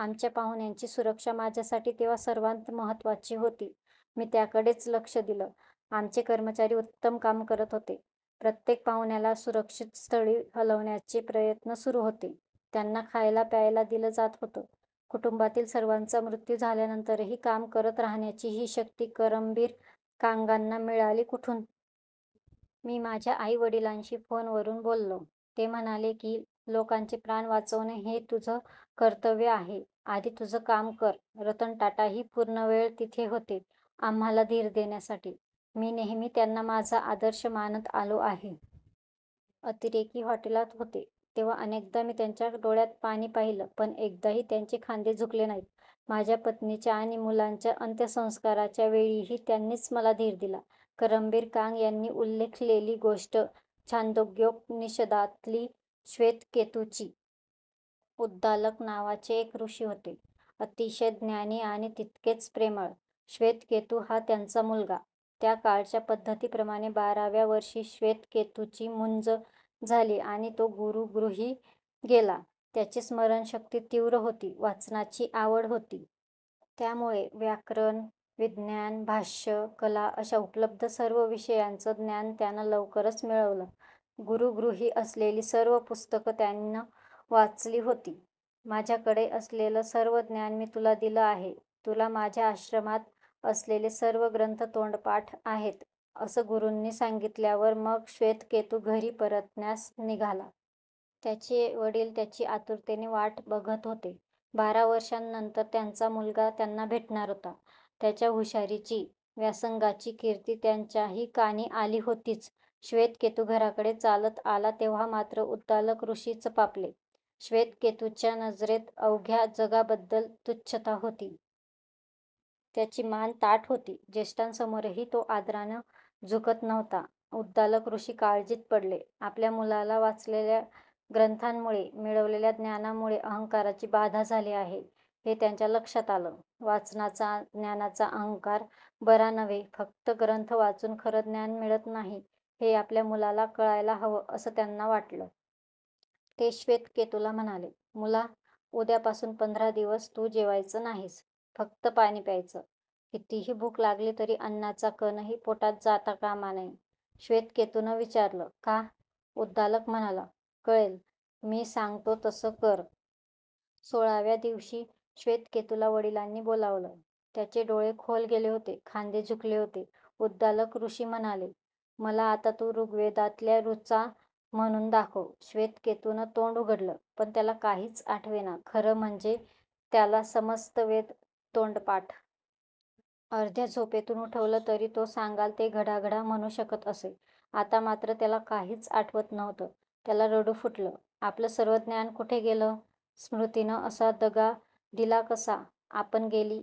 आमच्या पाहुण्यांची सुरक्षा माझ्यासाठी तेव्हा सर्वांत महत्त्वाची होती. मी त्याकडेच लक्ष दिलं. आमचे कर्मचारी उत्तम काम करत होते. प्रत्येक पाहुण्याला सुरक्षित स्थळी हलवण्याचे प्रयत्न सुरू होते. त्यांना खायलाप्यायला दिलं जात होतं. कुटुंबातील सर्वांचा मृत्यू झाल्यानंतरही काम करत राहण्याची ही शक्ती करमबीर कांगांना मिळाली कुठून? मी माझ्या आईवडिलांशी फोनवरून बोललो. ते म्हणाले की, लोकांचे प्राण वाचवणं हे तुझं कर्तव्य आहे. आधी तुझं काम कर. रतन टाटाही पूर्णवेळ तिथे होते. आम्हांला धीर देण्यासाठी. मी नेहमी त्यांना माझा आदर्श मानत आलो आहे. अतिरेकी हॉटेलात होते तेव्हा अनेकदा मी त्यांच्या डोळ्यांत पाणी पाहिलं. पण एकदाही त्यांचे खांदे झुकले नाहीत. माझ्या पत्नीच्या आणि मुलांच्या अंत्यसंस्काराच्या वेळीही त्यांनीच मला धीर दिला. करमबीर कांग यांनी उल्लेखलेली गोष्ट छांदोग्योपनिषदातली. श्वेतकेतूची. उद्दालक नावाचे एक ऋषी होते. अतिशय ज्ञानी आणि तितकेच प्रेमळ. श्वेतकेतू हा त्यांचा मुलगा. त्या काळच्या पद्धतीप्रमाणे बाराव्या वर्षी श्वेतकेतूची मुंज झाली आणि तो गुरूगृही गेला. त्याची स्मरणशक्ती तीव्र होती. वाचनाची आवड होती. त्यामुळे व्याकरण, विज्ञान, भाष्य, कला अशा उपलब्ध सर्व विषयांचं ज्ञान त्यानं लवकरच मिळवलं. गुरूगृही असलेली सर्व पुस्तकं त्यानं वाचली होती. माझ्याकडे असलेलं सर्व ज्ञान मी तुला दिलं आहे. तुला माझ्या आश्रमात असलेले सर्व ग्रंथ तोंडपाठ आहेत, असं गुरूंनी सांगितल्यावर मग श्वेतकेतू घरी परतण्यास निघाला. त्याचे वडील त्याची आतुरतेनं वाट बघत होते. बारा वर्षांनंतर त्यांचा मुलगा त्यांना भेटणार होता. त्याच्या हुशारीची, व्यासंगाची कीर्ती त्यांच्याही कानी आली होतीच. श्वेतकेतू घराकडे चालत आला तेव्हा मात्र उद्दालक ऋषी चपापले. श्वेतकेतूच्या नजरेत अवघ्या जगाबद्दल तुच्छता होती. त्याची मान ताठ होती. ज्येष्ठांसमोरही तो आदरानं झुकत नव्हता. उद्दालक ऋषी काळजीत पडले. आपल्या मुलाला वाचलेल्या ग्रंथांमुळे, मिळवलेल्या ज्ञानामुळे अहंकाराची बाधा झाली आहे, हे त्यांच्या लक्षात आलं. वाचनाचा, ज्ञानाचा अहंकार बरा नव्हे, फक्त ग्रंथ वाचून खरं ज्ञान मिळत नाही, हे आपल्या मुलाला कळायला हवं, असं त्यांना वाटलं. ते श्वेतकेतूला म्हणाले, मुला, उद्यापासून पंधरा दिवस तू जेवायचं नाहीस. फक्त पाणी प्यायचं. कितीही भूक लागली तरी अन्नाचा कणही पोटात जाता कामा नये. श्वेतकेतूनं विचारलं, का? उद्दालक म्हणाले, कळेल. मी सांगतो तसं कर. सोळाव्या दिवशी श्वेतकेतूला वडिलांनी बोलावलं. त्याचे डोळे खोल गेले होते. खांदे झुकले होते. उद्दालक ऋषी म्हणाले, मला आता तू ऋग्वेदातल्या ऋचा म्हणून दाखव. श्वेतकेतूनं तोंड उघडलं, पण त्याला काहीच आठवेना. खरं म्हणजे त्याला समस्त वेद तोंडपाठ. अर्ध्या झोपेतून उठवलं तरी तो सांगाल ते घडाघडा म्हणू शकत असे. आता मात्र त्याला काहीच आठवत नव्हतं. त्याला रडू फुटलं. आपलं सर्व ज्ञान कुठे गेलं? स्मृतीनं असा दगा दिला कसा? आपण गेली